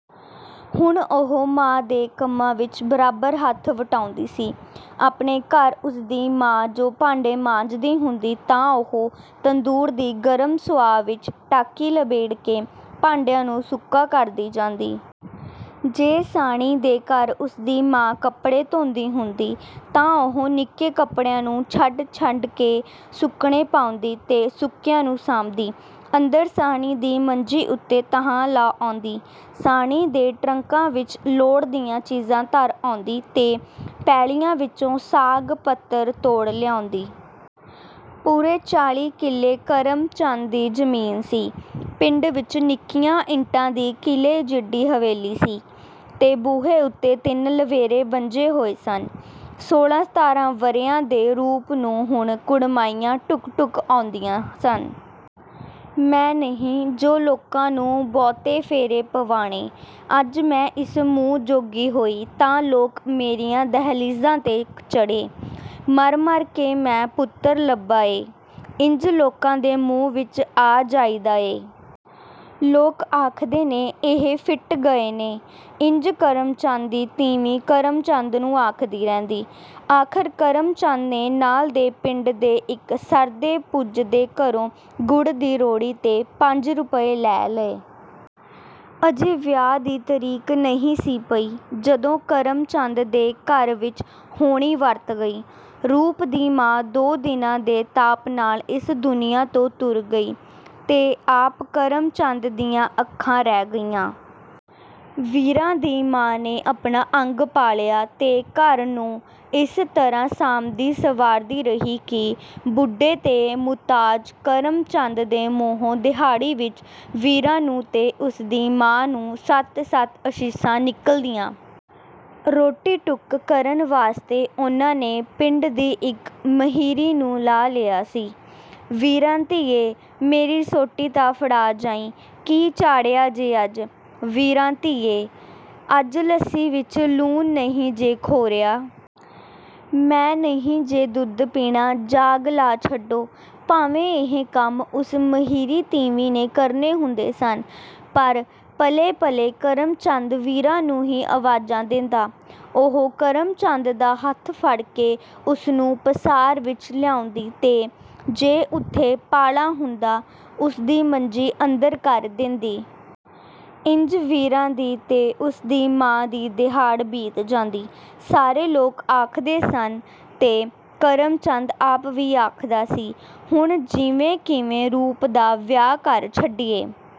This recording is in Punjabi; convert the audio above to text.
ਹੁਣ ਉਹ ਮਾਂ ਦੇ ਕੰਮਾਂ ਵਿੱਚ ਬਰਾਬਰ ਹੱਥ ਵਟਾਉਂਦੀ ਸੀ। ਆਪਣੇ ਘਰ ਉਸ ਦੀ ਮਾਂ ਜੋ ਭਾਂਡੇ ਮਾਂਜਦੀ ਹੁੰਦੀ, ਤਾਂ ਉਹ ਤੰਦੂਰ ਦੀ ਗਰਮ ਸੁਆਹ ਵਿੱਚ ਟਾਕੀ ਲਬੇੜ ਕੇ ਭਾਂਡਿਆਂ ਨੂੰ ਸੁੱਕਾ ਕਰਦੀ ਜਾਂਦੀ। ਜੇ ਸਾਹਣੀ ਦੇ ਘਰ ਉਸ ਦੀ ਮਾਂ ਕੱਪੜੇ ਧੋਂਦੀ ਹੁੰਦੀ ਤਾਂ ਉਹ ਨਿੱਕੇ ਕੱਪੜਿਆਂ ਨੂੰ ਛੱਡ-ਛੱਡ ਕੇ ਸੁੱਕਣੇ ਪਾਉਂਦੀ ਤੇ ਸੁੱਕਿਆਂ ਨੂੰ ਸਾਂਭਦੀ, ਅੰਦਰ ਸਾਹਣੀ ਦੀ ਮੰਜੀ ਉੱਤੇ ਤਹਾਂ ਲਾ ਆਉਂਦੀ। ਸਾਹਣੀ ਦੇ ਟਰੰਕਾਂ ਵਿੱਚ ਲੋੜ ਦੀਆਂ ਚੀਜ਼ਾਂ ਧਰ ਆਉਂਦੀ ਤੇ ਪੈਲੀਆਂ ਵਿੱਚੋਂ ਸਾਗ-ਪੱਤਰ ਤੋੜ ਲਿਆਉਂਦੀ। ਪੂਰੇ ਚਾਲ੍ਹੀ ਕਿੱਲੇ ਕਰਮ ਚੰਦ ਦੀ ਜ਼ਮੀਨ ਸੀ। ਪਿੰਡ ਵਿੱਚ ਨਿੱਕੀਆਂ ਇੱਟਾਂ ਦੀ ਕਿਲ੍ਹੇ ਜਿੱਡੀ ਹਵੇਲੀ ਸੀ ਤੇ ਬੂਹੇ ਉੱਤੇ ਤਿੰਨ ਲਵੇਰੇ ਬੱਝੇ ਹੋਏ ਸਨ। ਸੋਲ੍ਹਾਂ-ਸਤਾਰਾਂ ਵਰ੍ਹਿਆਂ ਦੇ ਰੂਪ ਨੂੰ ਹੁਣ ਕੁੜਮਾਈਆਂ ਢੁੱਕ-ਢੁੱਕ ਆਉਂਦੀਆਂ ਸਨ। “ਮੈਂ ਨਹੀਂ ਜੋ ਲੋਕਾਂ ਨੂੰ ਬਹੁਤੇ ਫੇਰੇ ਪਵਾਣੇ। ਅੱਜ ਮੈਂ ਇਸ ਮੂੰਹ ਜੋਗੀ ਹੋਈ, ਤਾਂ ਲੋਕ ਮੇਰੀਆਂ ਦਹਿਲੀਜ਼ਾਂ ਤੇ ਚੜ੍ਹੇ। ਮਰ-ਮਰ ਕੇ ਮੈਂ ਪੁੱਤਰ ਲੱਭਾ ਏ। ਇੰਝ ਲੋਕਾਂ ਦੇ ਮੂੰਹ ਵਿੱਚ ਆ ਜਾਈਦਾ ਏ। ਲੋਕ ਆਖਦੇ ਨੇ, ਇਹ ਫਿੱਟ ਗਏ ਨੇ...” ਇੰਝ ਕਰਮ ਚੰਦ ਦੀ ਤੀਵੀਂ ਕਰਮ ਚੰਦ ਨੂੰ ਆਖਦੀ ਰਹਿੰਦੀ। ਆਖ਼ਰ ਕਰਮ ਚੰਦ ਨੇ ਨਾਲ ਦੇ ਪਿੰਡ ਦੇ ਇੱਕ ਸਰਦੇ-ਪੁੱਜਦੇ ਘਰੋਂ ਗੁੜ ਦੀ ਰੋੜੀ ਤੇ ਪੰਜ ਰੁਪਏ ਲੈ ਲਏ। ਅਜੇ ਵਿਆਹ ਦੀ ਤਾਰੀਖ ਨਹੀਂ ਸੀ ਪਈ, ਜਦੋਂ ਕਰਮ ਚੰਦ ਦੇ ਘਰ ਵਿੱਚ ਹੋਣੀ ਵਰਤ ਗਈ। ਰੂਪ ਦੀ ਮਾਂ ਦੋ ਦਿਨਾਂ ਦੇ ਤਾਪ ਨਾਲ ਇਸ ਦੁਨੀਆਂ ਤੋਂ ਤੁਰ ਗਈ ਤੇ ਆਪ ਕਰਮ ਚੰਦ ਦੀਆਂ ਅੱਖਾਂ ਰਹਿ ਗਈਆਂ। ਵੀਰਾਂ ਦੀ ਮਾਂ ਨੇ ਆਪਣਾ ਅੰਗ ਪਾਲਿਆ ਤੇ ਘਰ ਨੂੰ ਇਸ ਤਰ੍ਹਾਂ ਸਾਂਭਦੀ-ਸੰਵਾਰਦੀ ਰਹੀ ਕਿ ਬੁੱਢੇ ਤੇ ਮੁਥਾਜ ਕਰਮ ਚੰਦ ਦੇ ਮੂੰਹੋਂ ਦਿਹਾੜੀ ਵਿੱਚ ਵੀਰਾਂ ਨੂੰ ਤੇ ਉਸ ਦੀ ਮਾਂ ਨੂੰ ਸੱਤ-ਸੱਤ ਅਸੀਸਾਂ ਨਿਕਲਦੀਆਂ। ਰੋਟੀ-ਟੁੱਕਰ ਕਰਨ ਵਾਸਤੇ ਉਹਨਾਂ ਨੇ ਪਿੰਡ ਦੀ ਇੱਕ ਮਹਿਰੀ ਨੂੰ ਲਾ ਲਿਆ ਸੀ। “ਵੀਰਾਂ ਧੀਏ! ਮੇਰੀ ਸੋਟੀ ਤਾਂ ਫੜਾ ਜਾਈਂ... ਕੀ ਚਾੜ੍ਹਿਆ ਜੇ ਅੱਜ, ਵੀਰਾਂ ਧੀਏ?... ਅੱਜ ਲੱਸੀ ਵਿੱਚ ਲੂਣ ਨਹੀਂ ਜੇ ਖੋਰਿਆ... ਮੈਂ ਨਹੀਂ ਜੇ ਦੁੱਧ ਪੀਣਾ, ਜਾਗ ਲਾ ਛੱਡੋ...” ਭਾਵੇਂ ਇਹ ਕੰਮ ਉਸ ਮਹਿਰੀ ਤੀਵੀਂ ਨੇ ਕਰਨੇ ਹੁੰਦੇ ਸਨ, ਪਰ ਪਲੇ-ਪਲੇ ਕਰਮ ਚੰਦ ਵੀਰਾਂ ਨੂੰ ਹੀ ਆਵਾਜ਼ਾਂ ਦੇਂਦਾ। ਉਹ ਕਰਮ ਚੰਦ ਦਾ ਹੱਥ ਫੜ ਕੇ ਉਸ ਨੂੰ ਪਸਾਰ ਵਿੱਚ ਲਿਆਉਂਦੀ ਤੇ ਜੇ ਉੱਥੇ ਪਾਲਾ ਹੁੰਦਾ, ਉਸ ਦੀ ਮੰਜੀ ਅੰਦਰ ਕਰ ਦੇਂਦੀ। ਇੰਝ ਵੀਰਾਂ ਦੀ ਤੇ ਉਸ ਦੀ ਮਾਂ ਦੀ ਦਿਹਾੜ ਬੀਤ ਜਾਂਦੀ। ਸਾਰੇ ਲੋਕ ਆਖਦੇ ਸਨ ਤੇ ਕਰਮ ਚੰਦ ਆਪ ਵੀ ਆਖਦਾ ਸੀ, “ਹੁਣ ਜਿਵੇਂ-ਕਿਵੇਂ ਰੂਪ ਦਾ ਵਿਆਹ ਕਰ ਛੱਡੀਏ।”